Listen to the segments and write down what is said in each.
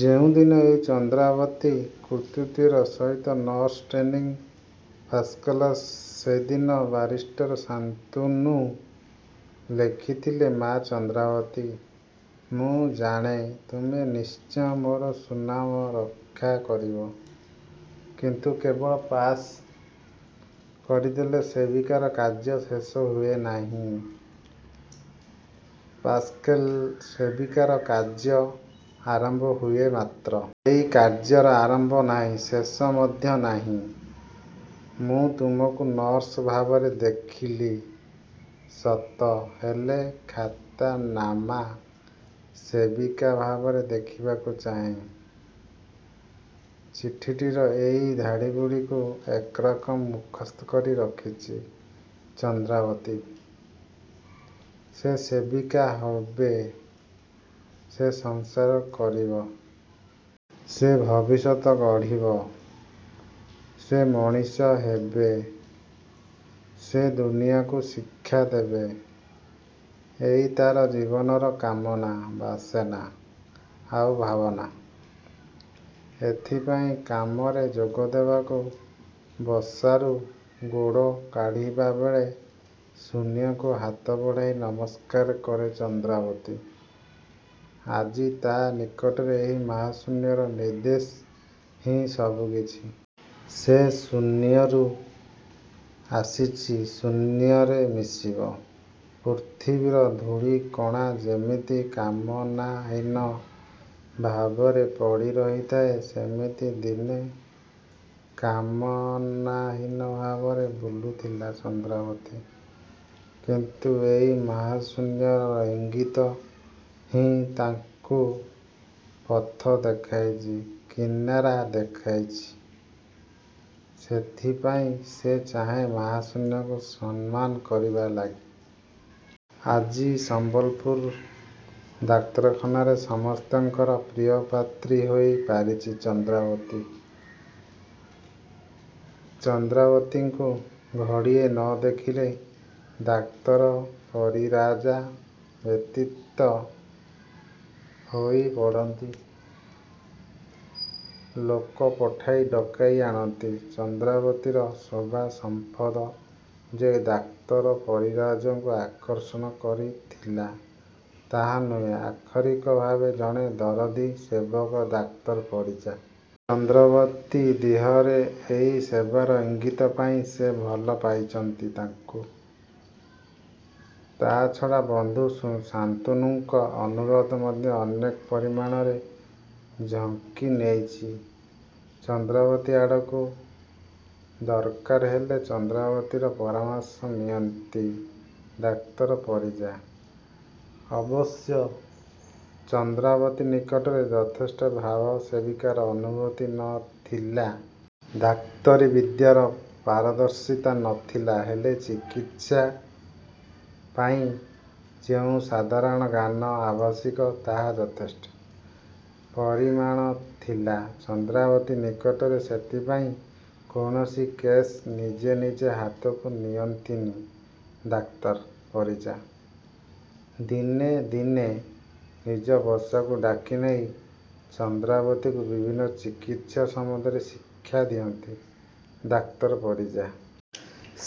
ଯେଉଁଦିନ ଏଇ ଚନ୍ଦ୍ରାବତୀ କୃତୀତ୍ୱର ସହିତ ନର୍ସ ଟ୍ରେନିଂ ପାଶ୍କଲା ସେଦିନ ବାରିଷ୍ଟର ଶାନ୍ତନୁ ଲେଖିଥିଲେ"ମା ଚନ୍ଦ୍ରାବତୀ! ମୁଁ ଜାଣେ ତୁମେ ନିଶ୍ଚୟ ମୋର ସୁନାମ ରକ୍ଷା କରିବ। କିନ୍ତୁ କେବଳ ପାଶ୍ କରିଦେଲେ ସେବିକାର କାର୍ଯ୍ୟ ଶେଷ ହୁଏନାହିଁ। ପାଶ୍କଲେ ସେବିକାର କାର୍ଯ୍ୟ ଆରମ୍ଭ ହୁଏ ମାତ୍ର। ଏ କାର୍ଯ୍ୟର ଆରମ୍ଭ ନାହିଁ ଶେଷ ମଧ୍ୟ ନାହିଁ। ମୁଁ ତୁମକୁ ନର୍ସ ଭାବରେ ଦେଖିଲି ସତ ହେଲେ ଖ୍ୟାତାନାମା ସେବିକା ଭାବରେ ଦେଖିବାକୁ ଚାହେଁ। '' ଚିଠିଟିର ଏଇ ଧାଡ଼ିଗୁଡ଼ିକୁ ଏକରକମ୍ ମୁଖସ୍ତ କରି ରଖିଛି ଚନ୍ଦ୍ରାବତୀ। ସେ ସେବିକା ହବେ। ସେ ସଂସାର କରିବ। ସେ ଭବିଷ୍ୟତ ଗଢ଼ିବେ। ସେ ମଣିଷ ହେବେ। ସେ ଦୁନିଆଁକୁ ଶିକ୍ଷା ଦେବେ। ଏଇ ତା'ର ଜୀବନର କାମନା. ବାସେନା ଆଉ ଭାବନା। ଏଇଥିପାଇଁ କାମରେ ଯୋଗଦେବାକୁ ବସାରୁ ଗୋଡ଼ କାଢ଼ିବାବେଳେ ଶୂନ୍ୟକୁ ହାତ ବଢ଼ାଇ ନମସ୍କାର କରେ ଚନ୍ଦ୍ରାବତୀ। ଆଜି ତା' ନିକଟରେ ଏହି ମାହାଶୂନ୍ୟର ନିର୍ଦ୍ଦେଶ ହିଁ ସବୁକିଛି। ସେ ଶୂନ୍ୟରୁ ଆସିଛି ଶୂନ୍ୟରେ ମିଶିବ। ପୃଥିବୀର ଧୂଳିକଣା ଯେମିତି କାମନାହୀନ ଭାବରେ ପଡ଼ି ରହିଥାଏ ସେମିତି ଦିନେ କାମନାହୀନ ଭାବରେ ବୁଲୁଥିଲା ଚନ୍ଦ୍ରାବତୀ। କିନ୍ତୁ ଏଇ ମହାଶୂନ୍ୟର ଇଙ୍ଗୀତ ହିଁ ତାକୁ ପଥ ଦେଖାଇଛି କିନାରା ଦେଖାଇଛି। ସେଥିପାଇଁ ସେ ଚାହେଁ ମହାଶୂନ୍ୟକୁ ସମ୍ମାନ କରିବା ଲାଗି। ଆଜି ସମ୍ଭଲପୁର ଡାକ୍ତରଖାନାରେ ସମସ୍ତଙ୍କର ପ୍ରିୟପାତ୍ରୀ ହୋଇ ପାରିଛି ଚନ୍ଦ୍ରାବତୀ। ଚନ୍ଦ୍ରାବତୀଙ୍କୁ ଘଡ଼ିଏ ନ ଦେଖିଲେ ଡାକ୍ତର ପରିରାଜା ବ୍ୟତିତ ହୋଇ ପଡ଼ନ୍ତି। ଲୋକ ପଠାଇ ଡ଼କାଇ ଆଣନ୍ତି। ଚନ୍ଦ୍ରାବତୀର ଶୋଭା ସମ୍ପଦ ଯେ ଡାକ୍ତର ପରିରାଜାଙ୍କୁ ଆକର୍ଷଣ କରିଥିଲା ତା' ନୁହେଁ ଆକ୍ଷରିକ ଭାବେ ଜଣେ ଦରଦୀ ସେବକ ଡାକ୍ତର ପରିଜା। ଚନ୍ଦ୍ରବତୀ ଦିହରେ ଏଇ ସେବାର ଇଙ୍ଗୀତ ପାଇ ସେ ଭଲ ପାଇଛନ୍ତି ତାକୁ। ତା'ଛଡ଼ା ବନ୍ଧୁ ଶାନ୍ତନୁଙ୍କ ଅନୁରୋଧ ମଧ୍ୟ ଅନେକ ପରିମାଣରେ ଝଙ୍କି ନେଇଛି ଚନ୍ଦ୍ରାବତୀ ଆଡ଼କୁ। ଦରକାର ହେଲେ ଚନ୍ଦ୍ରାବତୀର ପରାମର୍ଶ ନିଅନ୍ତି ଡାକ୍ତର ପରିଜା। ଅବଶ୍ୟ ଚନ୍ଦ୍ରାବତୀ ନିକଟରେ ଯଥେଷ୍ଟ ଭାବ ସେବିକାର ଅନୁଭୁତି ନ ଥିଲା। ଡାକ୍ତରୀ ବିଦ୍ୟାର ପାରଦର୍ଶିତା ନ ଥିଲା ହେଲେ ଚିକିତ୍ସା ପାଇଁ ଯେଉଁ ସାଧାରଣ ଜ୍ଞାନ ଆବଶୀକ ତାହା ଯଥେଷ୍ଟ ପରିମାଣ ଥିଲା ଚନ୍ଦ୍ରାବତୀ ନିକଟରେ। ସେଥିପାଇଁ କୌଣସି କେସ୍ ନିଜେ ନିଜେ ହାତକୁ ନିଅନ୍ତିନି ଡାକ୍ତର ପରିଜା। ଦିନେ ଦିନେ ନିଜ ବସାକୁ ଡ଼ାକିନେଇ ଚନ୍ଦ୍ରାବତୀକୁ ବିଭିନ୍ନ ଚିକିତ୍ସା ସମ୍ବନ୍ଧରେ ଶିକ୍ଷା ଦିଅନ୍ତି ଡାକ୍ତର ପରିଜା।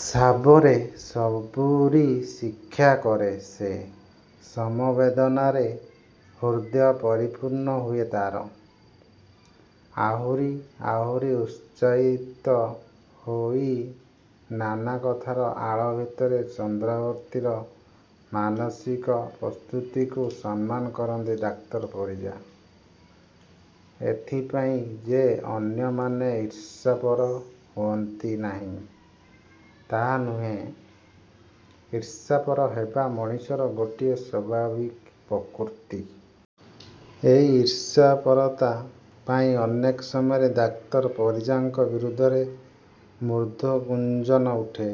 ସାବରେ ସବୁରି ଶିକ୍ଷାକରେ ସେ। ସମବେଦନାରେ ହୃଦୟ ପରିପୂର୍ଣ୍ଣ ହୁଏ ତା'ର। ଆହୁରି ଆହୁରି ଉତ୍ସାହିତ ହୋଇ ନାନା କଥାର ଆଳ ଭିତରେ ଚନ୍ଦ୍ରାବତୀର ମାନସିକ ପ୍ରସ୍ତୁତିକୁ ସମ୍ମାନ କରନ୍ତି ଡାକ୍ତର ପରିଜା। ଏଥିପାଇଁ ଯେ ଅନ୍ୟମାନେ ଈର୍ଷାପର ହୁଅନ୍ତି ନାହିଁ ତା'ନୁହେଁ। ଈର୍ଷାପର ହେବା ମଣିଷର ଗୋଟିଏ ସ୍ୱଭାବିକ୍ପ୍ରକୃତି। ଏଇ ଈର୍ଷାପରତା ପାଇଁ ଅନେକ ସମୟରେ ଡାକ୍ତର ପରିଜାଙ୍କ ବିରୁଦ୍ଧରେ ମୃଦଗୁଞ୍ଜନ ଉଠେ।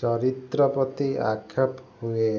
ଚରିତ୍ର ପ୍ରତି ଆକ୍ଷେପ ହୁଏ।